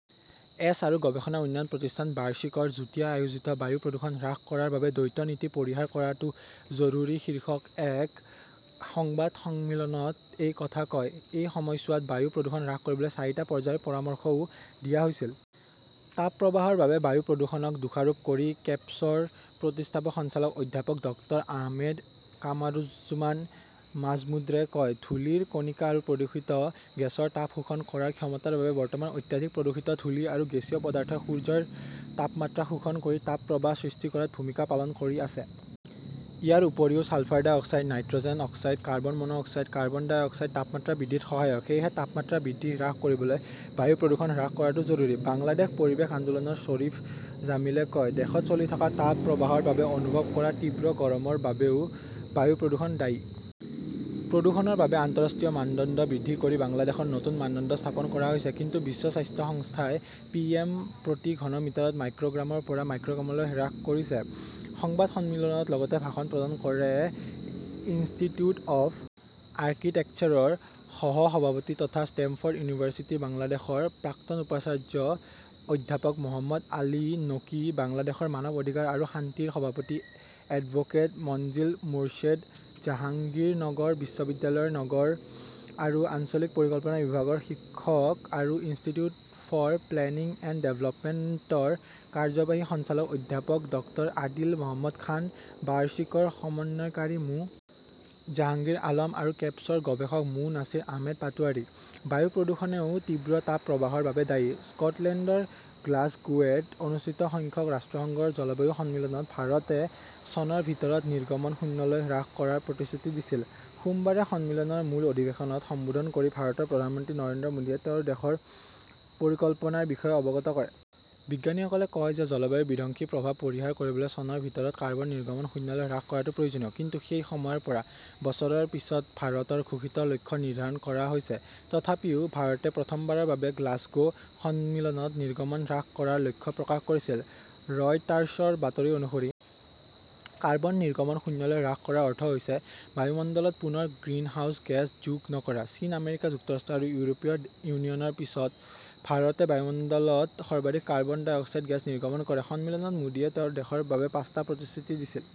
S. আৰু গৱেষণা উন্নয়ন প্ৰতিষ্ঠান বাৰ্চিকৰ যুটীয়া আয়োজিত 'বায়ু প্ৰদূষণ হ্ৰাস কৰাৰ বাবে দ্বৈত নীতি পৰিহাৰ কৰাটো জৰুৰী শীৰ্ষক এক সংবাদ সন্মিলনত এই কথা কয়। এই সময়ছোৱাত বায়ু প্ৰদূষণ হ্ৰাস কৰিবলৈ চাৰিটা পৰ্যায়ৰ পৰামৰ্শও দিয়া হৈছিল। তাপ প্ৰবাহৰ বাবে বায়ু প্ৰদূষণক দোষাৰোপ কৰি কেপছৰ প্ৰতিষ্ঠাপক সঞ্চালক অধ্যাপক ডক্তৰ আহমেদ কামৰুজ্জমান মাজ্মুদ্ৰে কয়, ধূলিৰ কণিকা আৰু প্ৰদূষিত গেছৰ তাপ শোষণ কৰাৰ ক্ষমতাৰ বাবে বৰ্তমান অত্যাধিক প্ৰদূষিত ধূলি আৰু গেছীয় পদাৰ্থই সূৰ্যৰ তাপমাত্ৰাক শোষণ কৰি তাপ প্ৰবাহ সৃষ্টি কৰাত ভূমিকা পালন কৰি আছে। ইয়াৰ উপৰিও sulphur dioxide, nitrogen oxide, carbon monoxide, carbon dioxide তাপমাত্ৰা বৃদ্ধিত সহায়ক। সেয়েহে তাপমাত্ৰা বৃদ্ধি হ্ৰাস কৰিবলৈ বায়ু প্ৰদূষণ হ্ৰাস কৰাটো জৰুৰী। বাংলাদেশ পৰিৱেশ আন্দোলনৰ শ্বৰীফ জামিলে কয়, দেশত চলি থকা তাপ প্ৰবাহৰ বাবে অনুভৱ কৰা তীব্ৰ গৰমৰ বাবেও বায়ু প্ৰদূষণ দায়ী। প্ৰদূষণৰ বাবে আন্তঃৰাষ্ট্ৰীয় মানদণ্ড বৃদ্ধি কৰি বাংলাদেশত নতুন মানদণ্ড স্থাপন কৰা হৈছে। কিন্তু বিশ্ব স্বাস্থ্য সংস্থাই পিএম প্ৰতি ঘন মিটাৰত মাইক্ৰʼগ্ৰামৰ পৰা মাইক্ৰʼগ্ৰামলৈ হ্ৰাস কৰিছে। সংবাদ সন্মিলনত লগতে ভাষণ প্ৰদান কৰে ইনষ্টিটিউট অৱ আৰ্কিটেক্সাৰৰ সহ-সভাপতি তথা ষ্টেমফৰ্ড ইউনিভাৰ্চিটি বাংলাদেশৰ প্ৰাক্তন উপাচাৰ্য অধ্যাপক মহম্মদ আলী নকী, বাংলাদেশৰ মানৱ অধিকাৰ আৰু শান্তি ৰ সভাপতি এডভোকেট মনজিল মোৰ্ছেড, জাহাংগীৰনগৰ বিশ্ববিদ্যালয়ৰ নগৰ আৰু আঞ্চলিক পৰিকল্পনা বিভাগৰ শিক্ষক আৰু institute for planning and development ৰ কাৰ্যবাহী সঞ্চালক অধ্যাপক ডক্তৰ আদিল মহম্মদ খান, বাৰচিকৰ সমন্বয়কাৰী মো. জাহাংগীৰ আলম আৰু কেপছৰ গৱেষক মো. নাছিৰ আহমেদ পাটোৱাৰী। বায়ু প্ৰদূষণও তীব্ৰ তাপ প্ৰবাহৰ বাবে দায়ী। স্কটলেণ্ডৰ গ্লাছগোৱেত অনুষ্ঠিত সংখ্যক ৰাষ্ট্ৰসংঘৰ জলবায়ু সন্মিলনত ভাৰতে চনৰ ভিতৰত নিৰ্গমন শূন্যলৈ হ্ৰাস কৰাৰ প্ৰতিশ্ৰুতি দিছিল। সোমবাৰে সন্মিলনৰ মূল অধিৱেশনত সম্বোধন কৰি ভাৰতৰ প্ৰধানমন্ত্ৰী নৰেন্দ্ৰ মোদীয়ে তেওঁৰ দেশৰ পৰিকল্পনাৰ বিষয়ে অৱগত কৰে। বিজ্ঞানীসকলে কয় যে জলবায়ুৰ বিধ্বংসী প্ৰভাৱ পৰিহাৰ কৰিবলৈ চনৰ ভিতৰত কাৰ্বন নিৰ্গমন শূন্যলৈ হ্ৰাস কৰাটো প্ৰয়োজনীয়। কিন্তু সেই সময়ৰ পৰা বছৰৰ পিছত ভাৰতৰ ঘোষিত লক্ষ্য নিৰ্ধাৰণ কৰা হৈছে। তথাপিও ভাৰতে প্ৰথমবাৰৰ বাবে গ্লাছগো সন্মিলনত নিৰ্গমন হ্ৰাস কৰাৰ লক্ষ্য প্ৰকাশ কৰিছিল, ৰয়টাৰ্ছৰ বাতৰি অনুসৰি। কাৰ্বন নিৰ্গমন শূন্যলৈ হ্ৰাস কৰাৰ অৰ্থ হৈছে বায়ুমণ্ডলত পুনৰ গ্ৰিনহাউজ গেছ যোগ নকৰা। চীন, আমেৰিকা যুক্তৰাষ্ট্ৰ আৰু ইউৰোপীয় ইউনিয়নৰ পিছত ভাৰতে বায়ুমণ্ডলত সৰ্বাধিক কাৰ্বন ডাই অক্সাইড গেছ নিৰ্গমন কৰে। সন্মিলনত মোদীয়ে তেওঁৰ দেশৰ বাবে পাঁচটা প্ৰতিশ্ৰুতি দিছিল।